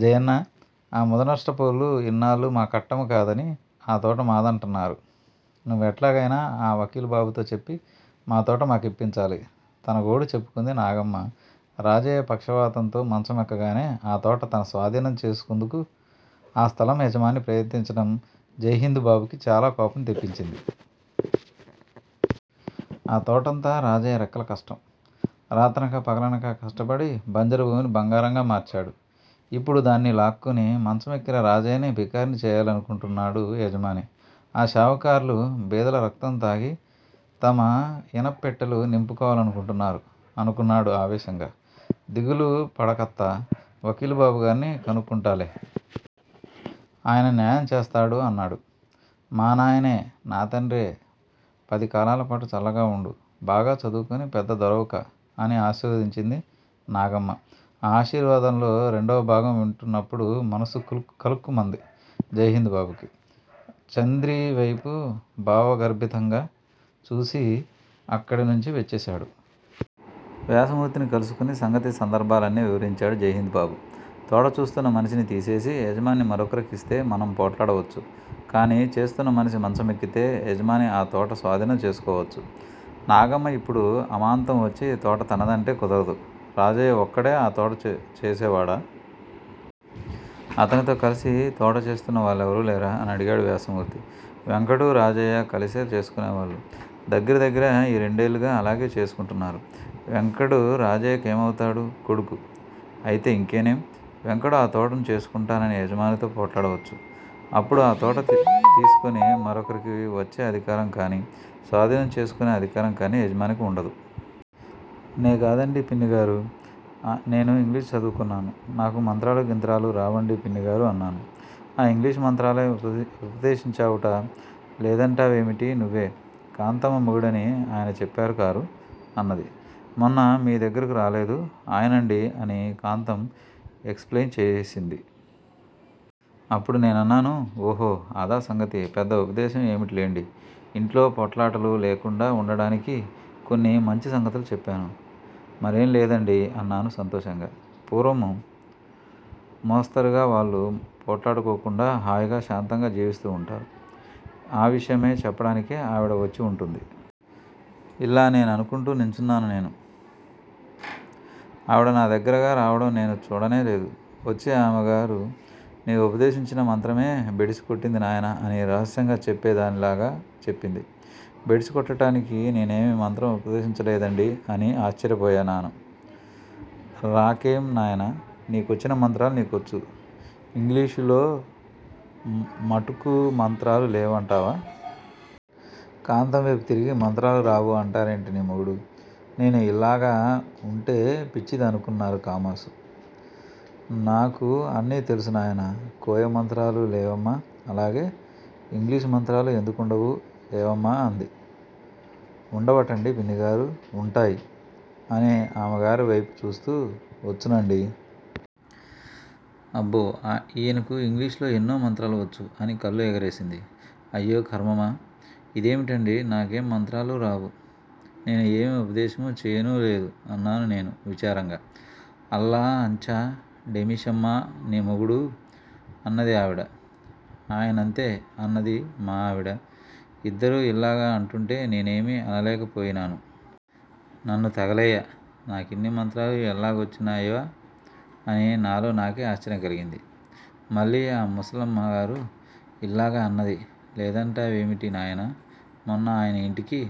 జయన్నా! ఆ ముదనష్టపోళ్ళు ఇన్నాళ్ళు మా కట్టము కాదని ఆ తోట మాదంటన్నారు. నువ్వెట్లగయినా ఆ వకీలు బాబుతో చెప్పి మాతోట మాకిప్పించాలి! తన గోడు చెప్పుకుంది నాగమ్మ రాజయ్య పక్షవాతంతో మంచమెక్కగానే ఆ తోట తనస్వాధీనం చేసుకుందుకు ఆ స్ధలం యజమాని ప్రయత్నించటం జైహింద్ బాబుకీ చాలా కోపం తెప్పించింది. ఆ తోటంతా రాజయ్య రెక్కల కష్టం. రాత్రనక, పగలనక కష్టపడి బంజరు భూమిని బంగారంగా మార్చాడు. ఇప్పుడు దాన్ని లాక్కుని మంచమెక్కిన రాజయ్యని బికారిని చెయ్యాలనుకుంటున్నాడు యజమాని. ఈ షావుకార్లు బీదల రక్తం తాగి తమ ఇనప్పెట్టెలు నింపుకోవాలనుకుంటారు అనుకున్నాడు ఆవేశంగా. దిగులు పడకత్తా! వకీలు బాబుగార్ని కనుక్కుంటాలే! ఆయన న్యాయం చేస్తాడు అన్నాడు. మా నాయనే! నా తండ్రే! పది కాలాలపాటు చల్లగా వుండు. బాగా చదువుకొని పెద్ద దొరవుకా? అని ఆశీర్వదించింది నాగమ్మ. ఆ ఆశీర్వాదంలో రెండవభాగం వింటున్నప్పుడు మనస్సు కలుక్కుమంది జైహింద్ బాబుకి. చంద్రి వైపు భావగర్భితంగా చూసి అక్కడి నుంచి వచ్చేశాడు. వ్యాసమూర్తిని కలుసుకొని సంగతి సందర్భాలన్నీ వివరించాడు జైహింద్ బాబు! తోట చూస్తున్న మనిషిని తీసేసి యజమాని మరొకరికిస్తే మనం పోట్లాడవచ్చు. కానీ చేస్తున్న మనిషి మంచమెక్కితే యజమాని ఆ తోట స్వాధీనం చేసుకోవచ్చు. నాగమ్మ ఇప్పుడు అమాంతం వచ్చి తోట తనదంటే కుదరదు. రాజయ్య ఒక్కడే ఆ తోట చేసే వాడా? అతనితో కలసి తోట చేస్తున్న వాళ్లెవరూ లేరా? అని అడిగాడు వ్యాసమూర్తి. వెంకడూ, రాజయ్య కలిసే చేసుకొనేవాళ్ళు. దగ్గిర దగ్గిర ఈ రెండేళ్ళుగా అలాగే చూసుకొంటున్నారు వెంకడు, రాజయ్యకేమవుతాడు? కొడుకు! అయితే ఇకనేం? వెంకడు ఆ తోటను చేసుకొంటానని యజమానితో పోట్లాడవచ్చు. అప్పుడు ఆ తోట తీసుకొని మరొకరికి వచ్చే అధికారం కాని, స్వాధీనం చేసుకొనే అధికారం కాని యజమానికి వుండదు. నే కాదండీ పిన్నిగారూ, నేను ఇంగ్లీషు చదువు కొన్నాను, నాకు మంత్రాలూ గింత్రాలూ రావండి పిన్నిగారూ అన్నాను. ఆ ఇంగ్లీషు మంత్రాలే ఉపదేశించావుట, లేదంటావేమిటి నువ్వే! కాంతమ్మ మొగుడని ఆయన చెప్పారు కారూ? అన్నది. మొన్న మీ దగ్గరకు రాలేదూ, ఆయనండీ అని కాంతం ఎక్సుప్లెయిన్ చేసింది. అప్పుడు నేనన్నాను: ఓహో, అదా సంగతి? పెద్ద ఉపదేశం ఏమిటిలెండి, ఇంట్లో పోట్లాటలు లేకుండా ఉండటానికి కొన్ని మంచి సంగతులు చెప్పాను. మరేంలేదండీ అన్నాను సంతోషంగా, పూర్వము. మోస్తరుగా వాళ్ళు పోట్లాడుకోకుండా హాయిగా శాంతంగా జీవిస్తూ ఉంటారు. ఆ విషయమై చెప్పడానికే ఆవిడ వచ్చి ఉంటుంది. ఇల్లా అనుకొంటూ నుంచున్నాను నేను. ఆవిడ నా దగ్గరగా రావటం నేను చూడనే లేదు. వచ్చి ఆమె గారు నీవు ఉపదేశించిన మంత్రమే బెడిసి కొట్టింది నాయనా అని రహస్యంగా చెప్పే దానిలాగా చెప్పింది. బెడిసి కొట్టటానికి నేనేమీ మంత్రం ఉపదేశించలేదండీ అని ఆశ్చర్యపోయినాను. రాకేం నాయనా, నీకొచ్చిన మంత్రాలు నీకొచ్చు, ఇంగిలీషులో మటుకు మంత్రాలు లేవంటావా? కాంతం వేపు తిరిగి మంత్రాలు రావూ అంటారేమిటి నీ మొగుడు, నేను ఇల్లాగ ఉంటే పిచ్చిది అనుకున్నారు కామాసు, నాకు అన్ని తెలుసు నాయనా, కోయ మంత్రాలు లేవమ్మా, అల్లాగే ఇంగ్లీషు మంత్రాలు ఎందుకు ఉండవూ? ఏవమ్మా? అంది. వుండవటండీ! పిన్నిగారూ, ఉంటాయి. అని ఆమె గారి వైపు చూస్తూ వచ్చునండీ. అబ్బో, ఈయనకు ఇంగ్లీషులో ఎన్నో మంత్రాలు వచ్చు అని కళ్ళు ఎగరేసింది. అయ్యో ఖర్మమా. ఇదేమిటండీ, నాకేం మంత్రాలూ రావు! నేను ఏమీ ఉపదేశమూ చెయ్యనూ లేదు అన్నాను నేను విచారంగా. అల్లా అంచా డేమిషమ్మా నీ మొగుడూ? అన్నది ఆవిడ, ఆయనంతే అన్నది మా ఆవిడ, ఇద్దరూ ఇల్లాగ అంటూంటే నేనేమీ అనలేకపోయినాను. నన్ను తగలెయ్య నాకిన్ని మంత్రాలు ఎల్లాగువచ్చినయ్యా అని నాలో నాకే ఆశ్చర్యం కలిగింది. మళ్ళీ ఆ ముసలమ్మ గారు ఇల్లాగ అన్నది లేదంటావేమిటి నాయనా. మొన్న ఆయన ఇంటికి